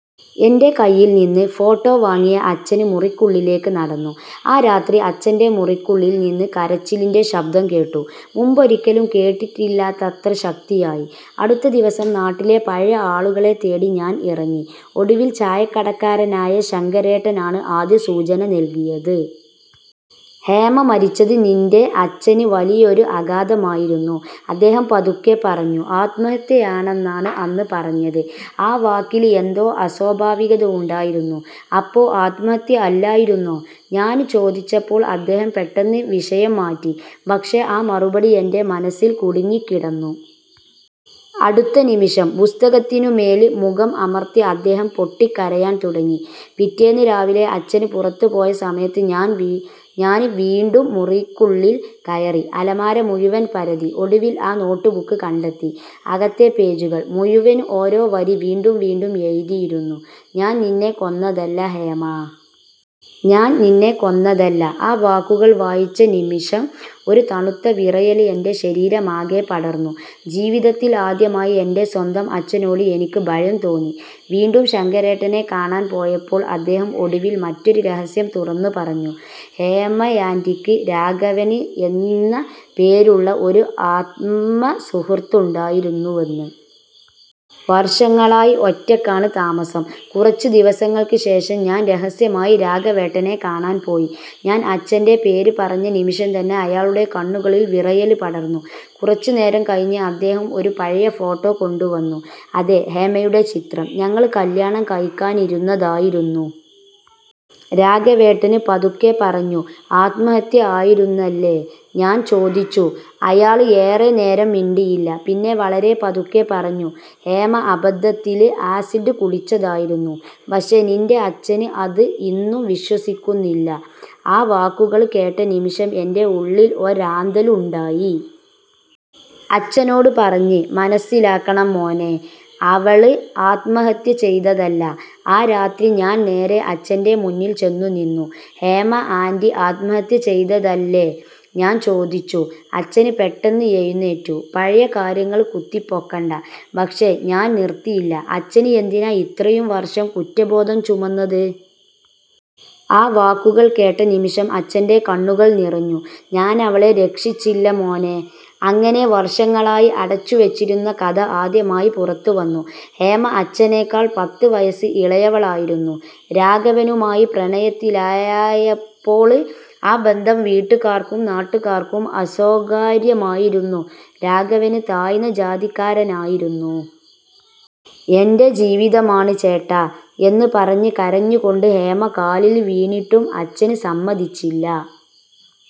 എന്റെ കയ്യില് നിന്ന് ഫോട്ടോ വാങ്ങിയ അച്ഛന് മുറിക്കുള്ളിലേക്ക് നടന്നു. ആ രാത്രി അച്ഛന്റെ മുറിക്കുള്ളില് നിന്ന് കരച്ചിലിന്റെ ശബ്ദം കേട്ടു. മുമ്പൊരിക്കലും കേട്ടിട്ടില്ലാത്തത്ര ശക്തിയായി. അടുത്ത ദിവസം നാട്ടിലെ പഴയ ആളുകളെ തേടി ഞാന് ഇറങ്ങി. ഒടുവില്, ചായക്കടക്കാരനായ ശങ്കരേട്ടനാണ് ആദ്യ സൂചന നല്കിയത്. ''ഹേമ മരിച്ചത് നിന്റെ അച്ഛന് വലിയൊരു ആഘാതമായിരുന്നു... ' അദ്ദേഹം പതുക്കെ പറഞ്ഞു. ''ആത്മഹത്യയാണെന്നാണ് അന്ന് പറഞ്ഞത്... ' ആ വാക്കില് എന്തോ അസ്വാഭാവികത ഉണ്ടായിരുന്നു. ''അപ്പോ ആത്മഹത്യ അല്ലായിരുന്നോ? '' ഞാന് ചോദിച്ചപ്പോള് അദ്ദേഹം പെട്ടെന്ന് വിഷയം മാറ്റി. പക്ഷേ ആ മറുപടി എന്റെ മനസ്സില് കുടുങ്ങിക്കിടന്നു. അടുത്ത നിമിഷം പുസ്തകത്തിനുമേല് മുഖം അമർത്തി അദ്ദേഹം പൊട്ടിക്കരയാന് തുടങ്ങി. പിറ്റേന്ന് രാവിലെ അച്ഛന് പുറത്തുപോയ സമയത്ത് ഞാന് വീണ്ടും മുറിക്കുള്ളില് കയറി. അലമാര മുഴുവന് പരതി. ഒടുവില് ആ നോട്ട് ബുക്ക് കണ്ടെത്തി. അകത്തെ പേജുകള് മുഴുവന് ഒരേ വരി വീണ്ടും വീണ്ടും എഴുതിയിരുന്നു 'ഞാന് നിന്നെ കൊന്നതല്ല ഹേമ... ഞാന് നിന്നെ കൊന്നതല്ല... ' ആ വാക്കുകള് വായിച്ച നിമിഷം ഒരു തണുത്ത വിറയല് എന്റെ ശരീരമാകെ പടര്ന്നു. ജീവിതത്തില് ആദ്യമായി എന്റെ സ്വന്തം അച്ഛനോട് എനിക്ക് ഭയം തോന്നി. വീണ്ടും ശങ്കരേട്ടനെ കാണാന് പോയപ്പോള് അദ്ദേഹം ഒടുവില് മറ്റൊരു രഹസ്യം തുറന്നു പറഞ്ഞു. ഹേമയാന്റിക്ക് രാഘവന് എന്ന പേരുള്ള ഒരു ആത്മസുഹൃത്ത് ഉണ്ടായിരുന്നുവെന്ന്. വർഷങ്ങളായി ഒറ്റയ്ക്കാണ് താമസം. കുറച്ച് ദിവസങ്ങള്ക്ക് ശേഷം ഞാന് രഹസ്യമായി രാഘവേട്ടനെ കാണാന് പോയി. ഞാന് അച്ഛന്റെ പേര് പറഞ്ഞ നിമിഷം തന്നെ അയാളുടെ കണ്ണുകളില് വിറയല് പടർന്നു. കുറച്ചുനേരം കഴിഞ്ഞ് അദ്ദേഹം ഒരു പഴയ ഫോട്ടോ കൊണ്ടുവന്നു. അതേ ഹേമയുടെ ചിത്രം. ''ഞങ്ങള് കല്യാണം കഴിക്കാനിരുന്നതായിരുന്നു... ' രാഘവേട്ടന് പതുക്കെ പറഞ്ഞു. ''ആത്മഹത്യ ആയിരുന്നല്ലേ? '' ഞാന് ചോദിച്ചു. അയാള് ഏറെ നേരം മിണ്ടിയില്ല. പിന്നെ വളരെ പതുക്കെ പറഞ്ഞു 'ഹേമ അബദ്ധത്തില് ആസിഡ് കുടിച്ചതായിരുന്നു... പക്ഷേ നിന്റെ അച്ഛന് അത് ഇന്നും വിശ്വസിക്കുന്നില്ല... ' ആ വാക്കുകള് കേട്ട നിമിഷം എന്റെ ഉള്ളില് ഒരാന്തല് ഉണ്ടായി. ''അച്ഛനോട് പറഞ്ഞ് മനസ്സിലാക്കണം മോനേ... അവള് ആത്മഹത്യ ചെയ്തതല്ല... ' ആ രാത്രി ഞാന് നേരെ അച്ഛന്റെ മുന്നില് ചെന്നുനിന്നു. ''ഹേമ ആന്റി ആത്മഹത്യ ചെയ്തതല്ലേ? '' ഞാന് ചോദിച്ചു. അച്ഛന് പെട്ടെന്ന് എഴുന്നേറ്റു. ''പഴയ കാര്യങ്ങള് കുത്തിപ്പൊക്കണ്ട... ' പക്ഷേ ഞാന് നിര്ത്തിയില്ല. ''അച്ഛന് എന്തിനാ ഇത്രയും വര്ഷം കുറ്റബോധം ചുമന്നത്? '' ആ വാക്കുകള് കേട്ട നിമിഷം അച്ഛന്റെ കണ്ണുകള് നിറഞ്ഞു. ''ഞാനവളെ രക്ഷിച്ചില്ല മോനേ... ' അങ്ങനെ വര്ഷങ്ങളായി അടച്ചുവെച്ചിരുന്ന കഥ ആദ്യമായി പുറത്തുവന്നു. ഹേമ അച്ഛനെക്കാള് പത്ത് വയസ് ഇളയവളായിരുന്നു. രാഘവനുമായി പ്രണയത്തിലായപ്പോള് ആ ബന്ധം വീട്ടുകാര്ക്കും നാട്ടുകാര്ക്കും അസ്വീകാര്യമായിരുന്നു. രാഘവന് താഴ്ന്ന ജാതിക്കാരനായിരുന്നു. ''എന്റെ ജീവിതമാണ് ചേട്ടാ... ' എന്ന് പറഞ്ഞ് കരഞ്ഞുകൊണ്ട് ഹേമ കാലില് വീണിട്ടും അച്ഛന് സമ്മതിച്ചില്ല.